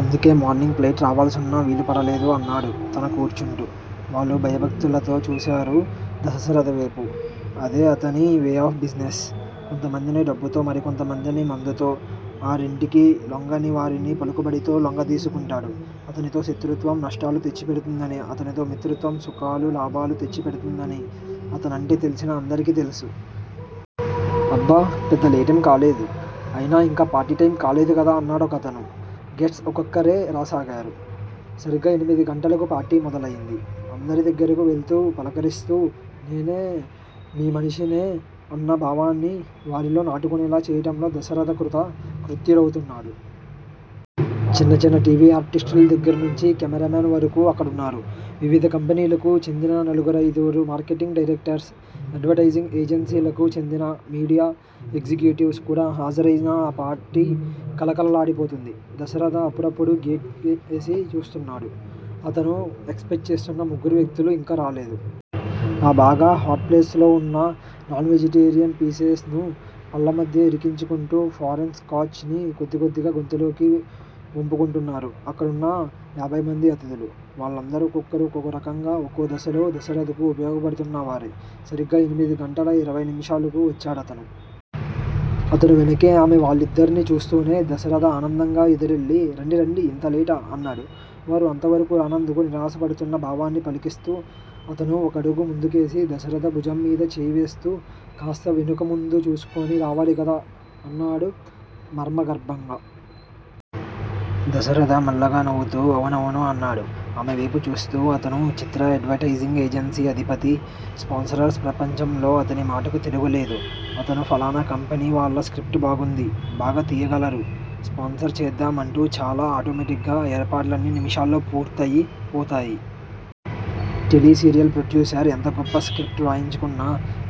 అందుకే morning flight రావాల్సున్నా వీలుపడలేదు అన్నాడు తనూ కూర్చుంటూ. వాళ్ళు భయభక్తులతో చూసారు దశరథవేపు. అదే అతని వే ఆఫ్ బిజినెస్. కొంతమందిని డబ్బుతో మరికొంతమందిని మందుతో, ఆ రెంటికి లొంగని వారిని పలుకుబడితో లొంగదీసుకుంటాడు. అతనితో శత్రుత్వం నష్టాలు తెచ్చి పెడుతుందని అతనితో మిత్రత్వం సుఖాలు, లాభాలు తచ్చి పెడుతుందని అతనంటే తెల్సిన అందరికీ తెలుసు. అబ్బే పెద్ద లేటేం కాలేదు. అయినా ఇంకా పార్టీ టైమ్ కాలేదు గదా? అన్నాడొకతను. గేస్ట్స్ ఒక్కొక్కరే రాసాగారు. సరిగ్గా ఎనిమిది గంటలకు పార్టీ మొదలయింది. అందరి దగ్గరకు వెళ్తూ, పలకరిస్తూ నేను మీ మనిషినే అన్న భావాన్ని వారిలో నాటుకొనేలా చేయటంలో దశరథ కృత కృత్యుడవుతున్నాడు. చిన్న చిన్న టీ. వీ ఆర్టిస్టుల దగ్గర్నుంచి కెమేరామెన్ వరకు అక్కడున్నారు. వివిధ కంపెనీలకు చెందిననలుగురైదుగురు మార్కెటింగ్ డైరెక్టర్స్, ఎడ్వటైజింగ్ ఏజెన్సీలకు చెందిన మీడియా ఎగ్జిక్యూటివ్స్ కూడా హాజరయిన ఆ పార్టీ కళకళలాడిపోతోంది. దశరథ అప్పుడప్పుడు గేట్ కేసి చూస్తున్నాడు. అతను ఎక్స్ పెక్ట్ చేస్తున్నా ముగ్గురు వ్యక్తులూ ఇంకా రాలేదు. ఆబగా హాట్ ప్లేట్స్ లో ఉన్న నాన్ వెజిటేరియన్ పీసెస్ ను పళ్ళ మధ్య ఇరికించుకుంటూ ఫారెన్ స్కాచ్ ని కొద్దికొద్దిగా గొంతులోకి వంపుకుంటున్నారు అక్కడున్న యాభైమంది అతిధులు. వాళ్ళందరూ ఒక్కొక్కరు ఒక్కోరకంగా ఒక్కో దశలో దశరథకు ఉపయోగపడుతున్నవారే. సరిగ్గా ఎనమిది గంటల ఇరవై నిముషాలు కి వచ్చాడతను. అతని వెనుకే ఆమె వాళ్ళిద్దర్ని చూస్తూనే దశరథ ఆనందంగా ఎదురెళ్ళి రండి రండి ఇంత లేటా? అన్నాడు. వారు అంతవరకు రానందుకు నిరాశపడుతున్న భావాన్ని పలికిస్తూ. అతను ఒకడుగు ముందుకేసి దశరథ భుజం మీద చేయి వేస్తూ కాస్త వెనుకా ముందు చూసుకొని రావాలిగదా? అన్నాడు మర్మగర్భంగా. దశరథ మెల్లగా నవ్వుతూ అవునవును అన్నాడు ఆమె వేపు చూస్తూ. అతను 'చిత్రా' ఎడ్వటైజింగ్ ఏజెన్సీ అధిపతి, స్పాన్సరర్స్ ప్రపంచంలో అతని మాటకి తిరుగులేదు. అతను ఫలానా కంపెనీ వాళ్ళ స్క్రిప్ట్ బాగుంది. బాగా తీయగలరు- స్పాన్సర్ చేద్దాం అంటే చాలు ఆటోమాటిగ్గా ఏర్పాట్లన్నీ నిమిషాల్లో పూర్తయి పోతాయి. టెలీ సీరియల్ ప్రొడ్యూసర్ ఎంత గొప్ప స్క్రిప్ట్ వ్రాయించుకున్నా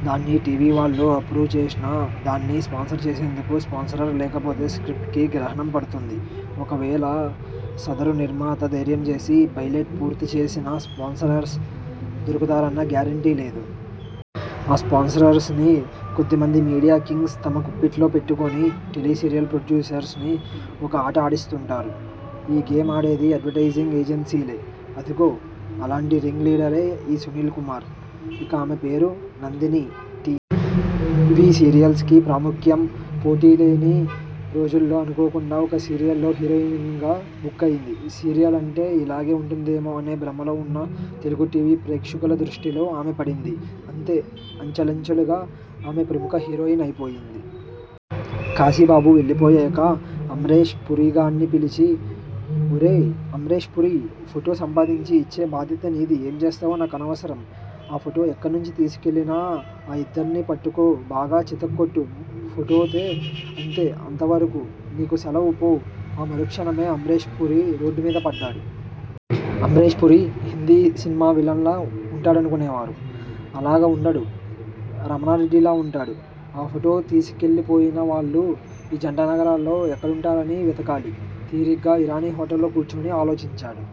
దాన్ని టి. వి వాళ్ళు అప్రూవ్ చేసినా దాన్ని స్పాన్సర్ చేసేందుకు స్పాన్సరర్ లేకపోతే స్క్రిప్ట్ కి గ్రహణం పడుతుంది. ఒకవేళ సదరు నిర్మాత ధైర్యంచేసి 'పైలట్' పూర్తి చేసినా స్పాన్సరర్స్ దొరుకుతారన్న గ్యారంటీ లేదు. ఆ స్పాన్సరర్స్ ని కొద్దిమంది మీడియా కింగ్స్ తమ గుప్పిట్లో పెట్టుకొని టెలీ సీరియల్ ప్రొడ్యుసర్స్ ని ఒక ఆట ఆడిస్తూంటారు. ఈ గేమ్ ఆడేది ఎడ్వర్టైజింగ్ ఏజెన్సీలే. అదిగో అలాంటి రింగ్ లీడరే ఈ సుశీల్ కుమార్. ఇక ఆమె పేరు నందిని. టీ. వీ సీరియల్స్ కి ప్రాముఖ్యం పోటీలేని రోజుల్లో అనుకోకుండా ఒక సీరియల్ లో హీరోయిన్ గా బుక్ అయింది. సీరియల్ అంటే ఇలాగే ఉంటుందేమో అనే భ్రమలో ఉన్న తెలుగు టీ. వీ ప్రేక్షకులదృష్టిలో ఆమె పడింది. అంతే అంచెలంచేలుగా ఆమె ప్రముఖ హీరోయిన్ అయిపోయింది। కాశీబాబు వెళ్ళిపోయాక- అమ్రేష్ పురీగాడ్ని పిలిచి- ఒరేయ్ అమ్రేష్ పురీ ఫోటో సంపాదించి ఇచ్చే బాధ్యత నీది ఏం చేస్తావో నాకనవసరం ఆ ఫోటో ఇక్కడ్నించి తీసికెళ్ళిన ఆ ఇద్దర్నీ పట్టుకో బాగా చితక్కొట్టు ఫోటో తే అంతే అంతవరకూ నీకు సెలవ్ పో. ఆ మరుక్షణమే అమ్రేష్ పురి రోడ్డు మీద పడ్డాడు. అమ్రేష్ పురీ హిందీ సిన్మా విలన్ లా ఉంటాడనుకునేరు. అలాగ ఉండడు. రమణారెడ్డిలా ఉంటాడు. ఆ ఫోటో తీసికెళ్ళిపోయిన వాళ్ళు ఈ జంటనగరాల్లో ఎక్కడుంటారని వెతకాలి? తీరిగ్గా ఇరానీ హోటల్లో కూర్చుని ఆలోచించాడు.